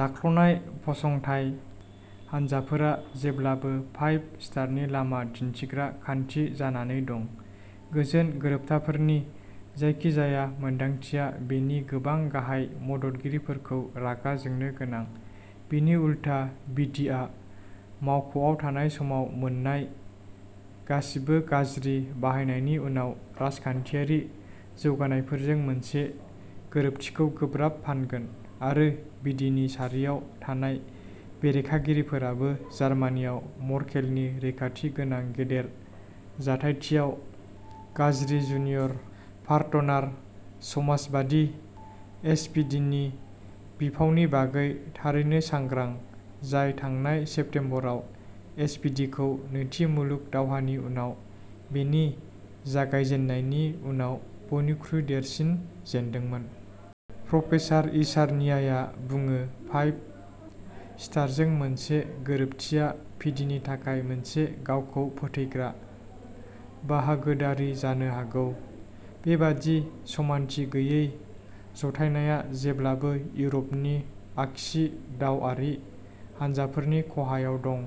जाख्ल'नाय फसंथाय हानजाफोरा जेब्लाबो फाइभ स्टारनि लामा दिन्थिग्रा खान्थि जानानै दं। गोजोन गोरोबथाफोरनि जायखिजाया मोनदांथिया बेनि गोबां गाहाय मददगिरिफोरखौ रागा जोंनो गोनां। बिनि उलथा पिडिआ मावख'आव थानाय समाव मोन्नाय गासिबो गाज्रि बाहायनायनि उनाव राजखान्थियारि जौगानायफोरजों मोनसे गोरोबथिखौ गोब्राब फानगोन आरो पिडिनि सारियाव थानाय बेरेखागिरिफोराबो जार्मानियाव मर्केलनि रैखाथि गोनां गेदेर जथायथियाव गाज्रि जुनियर पार्टनार समाजबादि एसपिडिनि बिफावनि बागै थारैनो सांग्रां जाय थांनाय सेप्तेम्बराव एसपिडिखौ नैथि मुलुग दावहानि उनाव बेनि जागायजेन्नायनि उनाव बयनिख्रुइ देरसिन जेनदोंमोन। प्रफेसार इसार्नियाया बुङो फाइभ स्टारजों मोनसे गोरोबथिया पिडिनि थाखाय मोनसे गावखौ फोथैग्रा बाहागोदारि जानो हागौ। बेबादि समानथि गैयै जथायनाया जेब्लाबो इउरपनि आगसि दावआरि हानजाफोरनि खहायाव दं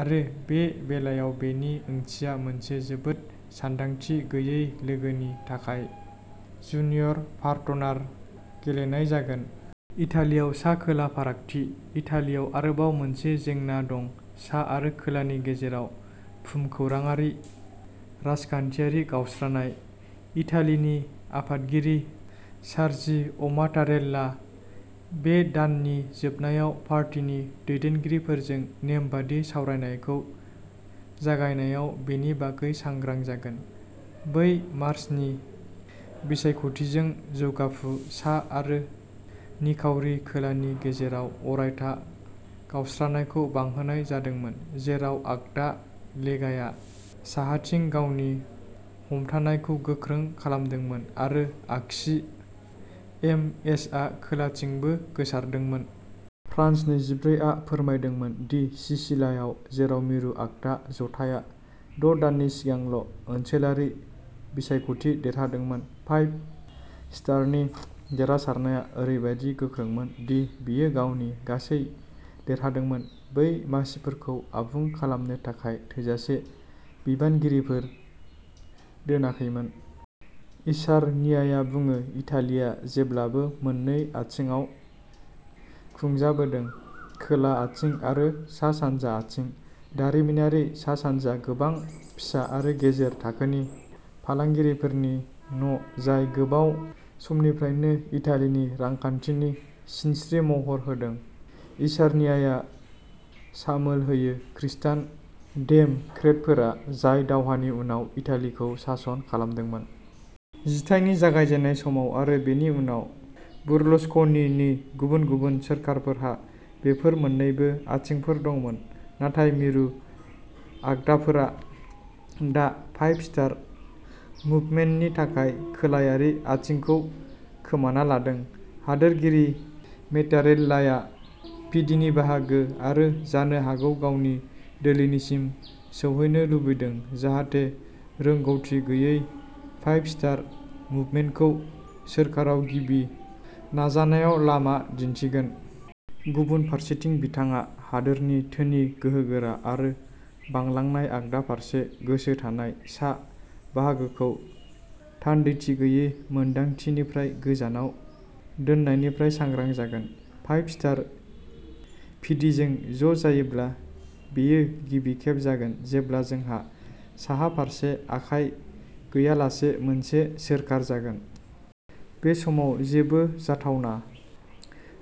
आरो बे बेलायाव बेनि ओंथिया मोनसे जोबोद सानदांथि गैयै लोगोनि थाखाय जुनियर पार्टनार गेलेनाय जागोन। इटालियाव सा खोला फारागथि। इटालियाव आरोबाव मोनसे जेंना दं सा आरो खोलानि गेजेराव भुमखौराङारि राजखान्थियारि गावस्रानाय। इटालिनि आफादगिरि सार्जिअ'मातारेल्ला बे दाननि जोबनायाव पार्टीनि दैदेनगिरिफोरजों नेमबादि सावरायनायखौ जागायनायाव बेनि बागै सांग्रां जागोन। ब्रै मार्चनि बिसायख'थिजों जौगाफु सा आरो निखावरि खोलानि गेजेराव अरायथा गावस्रानायखौ बांहोनाय जादोंमोन जेराव आगदा लेगाया साहाथिं गावनि हमथानायखौ गोख्रों खालामदोंमोन आरो आगसि एम एसआ खोलाथिंबो गोसारदोंमोन। फ्रान्स नैजिब्रै आ फोरमायदोंमोन दि सिसिलियाव जेराव मिरु आगदा जथाइया द' दाननि सिगांल ओनसोलारि बिसायख'थि देरहादोंमोन फाइभ स्टारनि देरहासारनाया ओरैबायदि गोख्रोंमोन दि बियो गावनि गासै देरहादोंमोन बै मासिफोरखौ आबुं खालामनो थाखाय थोजासे बिनायगिरिफोर दोनाखैमोन। इसार्नियाया बुङो इटालिया जेब्लाबो मोन्नै आथिंआव खुंजाबोदों खोला आथिं आरो सा सानजा आथिं दारिमिनारि सा सानजा गोबां फिसा आरो गेजेर थाखोनि फालांगिफोरनि न'जाय गोबाव समनिफ्रायनो इटालिनि रांखान्थिनि सिनस्रि महर होदों। इसार्नियाया सामोल होयो खृस्टान डेम'क्रेटफोरा जाय दावहानि उनाव इटालिखौ सासन खालामदोंमोन। जिथाइनि जागायजेन्नाय समाव आरो बेनि उनाव बर्लुस्कनिनि गुबुन गुबुन सोरखारफोरहा बेफोर मोन्नैबो आथिंफोर दंमोन नाथाय मिरु आगदाफोरा दा फाइभ स्टार मुभमेन्टनि थाखाय खोलायारि आथिंखौ खोमाना लादों। हादोरगिरि मेटारेल्लाया पिडिनि बाहागो आरो जानो हागौ गावनि दोलोनिसिम सौहैनो लुबैदों जाहाथे रोंगौथि गैयै फाइभ स्टार मुभमेन्टखौ सोरखाराव गिबि नाजानायाव लामा दिन्थिगोन। गुबुन फारसेथिं बिथाङा हादोरनि धोनि गोहोगोरा आरो बांलांनाय आगदा फारसे गोसो थानाय सा बाहागोखौ थान्दैथि गैयै मोन्दांथिनिफ्राय गोजानाव दोननायनिफ्राय सांग्रां जागोन। फाइभ स्टारआ पिदिजों ज' जायोब्ला बेयो गिबि खेब जागोन जेब्ला जोंहा साहा फारसे आखाय गैयालासे मोनसे सोरखार जागोन। बे समाव जेबो जाथावना।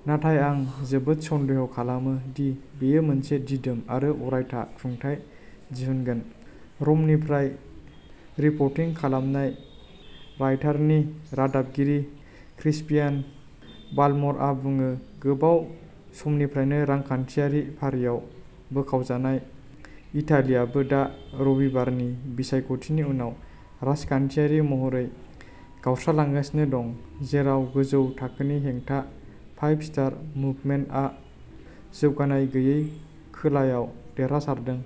नाथाय आं जोबोद सन्देह खालामो दि बेयो मोनसे दिदोम आरो अरायथा खुंथाय दिहुनगोन। र'मनिफ्राय रिपर्टिं खालामनाय रायटारनि रादाबगिरि क्रिस्पियान बाल्मारआ बुङो गोबाव समनिफ्रायनो रांखान्थियारि फारियाव बोखावजानाय इटालीआबो दा रबिबारनि बिसायख'थिनि उनाव राजखान्थियारि महरै गावस्रालांगासिनो दं जेराव गोजौ थाखोनि हेंथा फाइभ स्टार मुभमेन्टआ जौगानाय गैयै खोलायाव देरहासारदों।